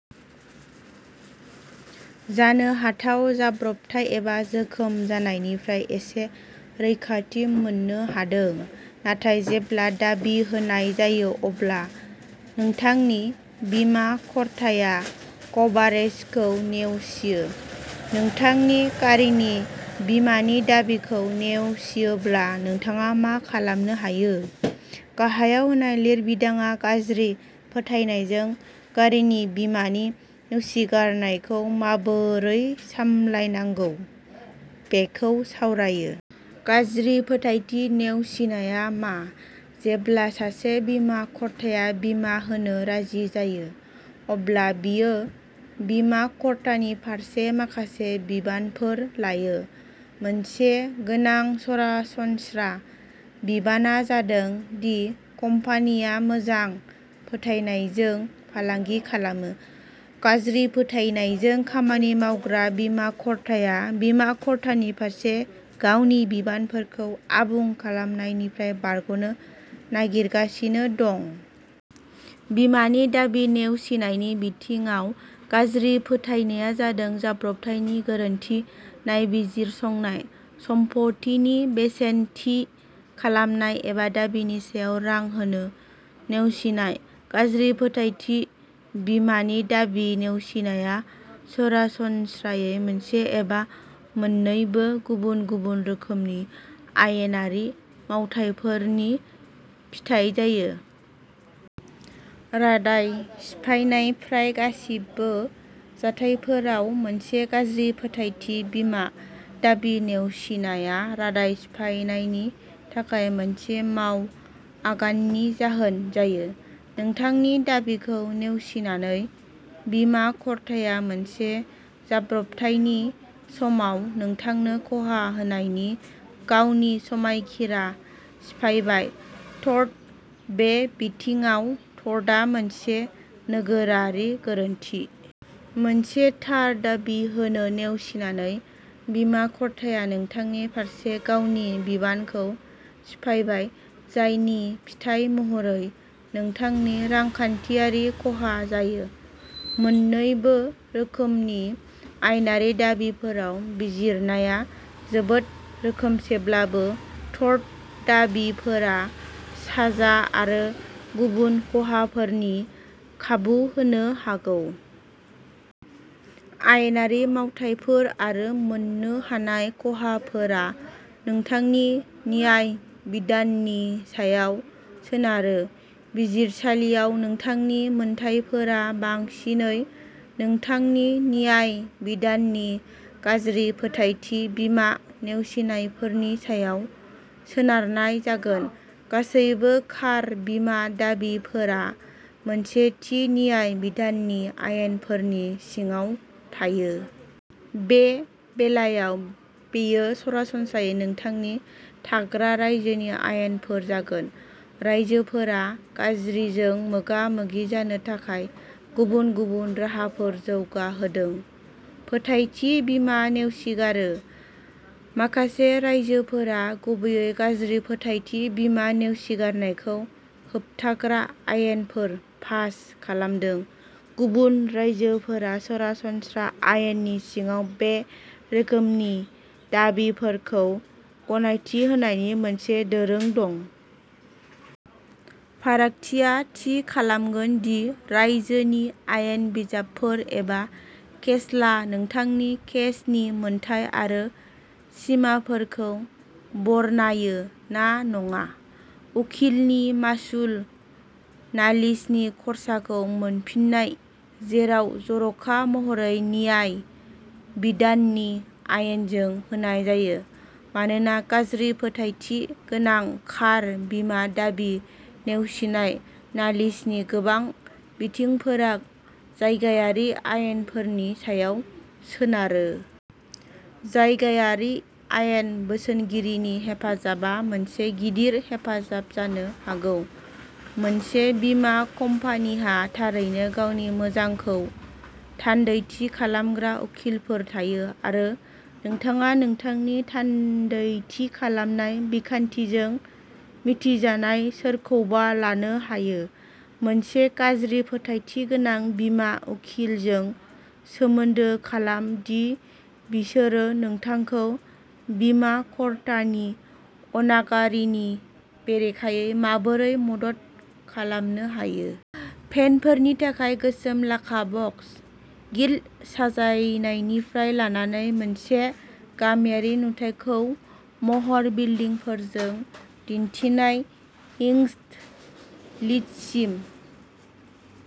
जानो हाथाव जाब्रबथाय एबा जोखोम जानायनिफ्राय एसे रैखाथि मोननो हादों। नाथाय जेब्ला दाबि होनाय जायो। अब्ला नोंथांनि बीमाकर्ताया कभारेजखौ नेवसियो। नोंथांनि गारिनि बीमानि दाबिखौ नेवसियोब्ला नोंथाङा मा खालामनो हायो? गाहायाव होनाय लिरबिदांआ गाज्रि फोथायनायजों गारिनि बीमानि नेवसिगारनायखौ माबोरै सामलायनांगौ बेखौ सावरायो। गाज्रि फोथायथि नेवसिनाया मा? जेब्ला सासे बीमाकर्ताया बीमा होनो राजि जायो। अब्ला बियो बीमाकर्तानि फारसे माखासे बिबानफोर लायो। मोनसे गोनां सरासनस्रा बिबानआ जादों दि कम्पानिया मोजां फोथायनायजों फालांगि खालामो। गाज्रि फोथायनायजों खामानि मावग्रा बीमाकर्ताया बीमाकर्तानि फारसे गावनि बिबानफोरखौ आबुं खालामनायनिफ्राय बारग'नो नागिरगासिनो दं। बीमानि दाबि नेवसिनायनि बिथिङाव गाज्रि फोथायनाया जादों जाब्रबथायनि गोरोन्थि नायबिजिरसंनाय सम्पथिनि बेसेन थि खालामनाय एबा दाबिनि सायाव रां होनो नेवसिनाय। गाज्रि फोथायथि बीमानि दाबि नेवसिनाया सरासनस्रायै मोनसे एबा मोन्नैबो गुबुन-गुबुन रोखोमनि आयेनारि मावथायफोरनि फिथाय जायो। रादाय सिफायनाय प्राय गासिबो जाथायफोराव मोनसे गाज्रि फोथायथि बीमा दाबि नेवसिनाया रादाय सिफायनायनि थाखाय मोनसे मावआगाननि जाहोन जायो। नोंथांनि दाबिखौ नेवसिनानै बीमाकर्ताया मोनसे जाब्रबथायनि समाव नोंथांनो खहा होनायनि गावनि समायखिरा सिफायबाय। टर्ट बे बिथिङाव टर्टआ मोनसे नोगोरारि गोरोन्थि। मोनसे थार दाबि होनो नेवसिनानै बीमाकर्ताया नोंथांनि फारसे गावनि बिबानखौ सिफायबाय जायनि फिथाय महरै नोंथांनि रांखान्थियारि खहा जायो। मोननैबो रोखोमनि आयेनारि दाबिफोराव बिजिरनाया जोबोद रोखोमसेब्लाबो टर्ट दाबिफोरा साजा आरो गुबुन खहाफोरनि खाबु होनो हागौ। आयेनारि मावथायफोर आरो मोननो हानाय खहाफोरा नोंथांनि न्याय बिधाननि सायाव सोनारो। बिजिरसालियाव नोंथांनि मोनथायफोरा बांसिनै नोंथांनि न्याय बिधाननि गाज्रि फोथायथि बीमा नेवसिनायफोरनि सायाव सोनारनाय जागोन। गासैबो कार बीमा दाबिफोरा मोनसे थि न्याय बिधाननि आयेनफोरनि सिङाव थायो। बे बेलायाव बेयो सरासनस्रायै नोंथांनि थाग्रा रायजोनि आयेनफोर जागोन। रायजोफोरा गाज्रिजों मोगा-मोगि जानो थाखाय गुबुन-गुबुन राहाफोर जौगाहोदों। फोथायथि बीमा नेवसिगारो। माखासे रायजोफोरा गुबैयै गाज्रि फोथायथि बीमा नेवसिगारनायखौ होबथाग्रा आयेनफोर पास खालामदों। गुबुन रायजोफोरा सरासनस्रा आयेननि सिङाव बे रोखोमनि दाबिफोरखौ गनायथि होनायनि मोनसे दोरों दं। फारागथिया थि खालामगोन दि रायजोनि आयेन बिजाबफोर एबा केसला नोंथांनि केसनि मोनथाय आरो सिमाफोरखौ बरनायो ना नङा। उखिलनि मासुल नालिसनि खर्साखौ मोनफिन्नाय जेराव जर'खा महरै न्याय बिधाननि आयेनजों होनाय जायो। मानोना गाज्रि फोथायथि गोनां कार बीमा दाबि नेवसिनाय नालिसनि गोबां बिथिंफोरा जायगायारि आयेनफोरनि सायाव सोनारो। जायगायारि आयेन बोसोनगिरिनि हेफाजाबआ मोनसे गिदिर हेफाजाब जानो हागौ। मोनसे बीमा कम्पानीहा थारैनो गावनि मोजांखौ थान्दैथि खालामग्रा उखिलफोर थायो। आरो नोंथाङा नोंथांनि थान्दैथि खालामनाय बिखान्थिजों मिथिजानाय सोरखौबा लानो हायो। मोनसे गाज्रि फोथायथि गोनां बीमा उखिलजों सोमोन्दो खालाम दि बिसोरो नोंथांखौ बीमाकर्तानि अनागारिनि बेरेखायै माबोरै मदद खालामनो हायो। पेनफोरनि थाखाय गोसोम लाखा बक्स। गिल्ट साजायनायनिफ्राय लानानै मोनसे गामियारि नुथायखौ महर बिल्डिंफोरजों दिन्थिनाय हिंजड लिदसिम।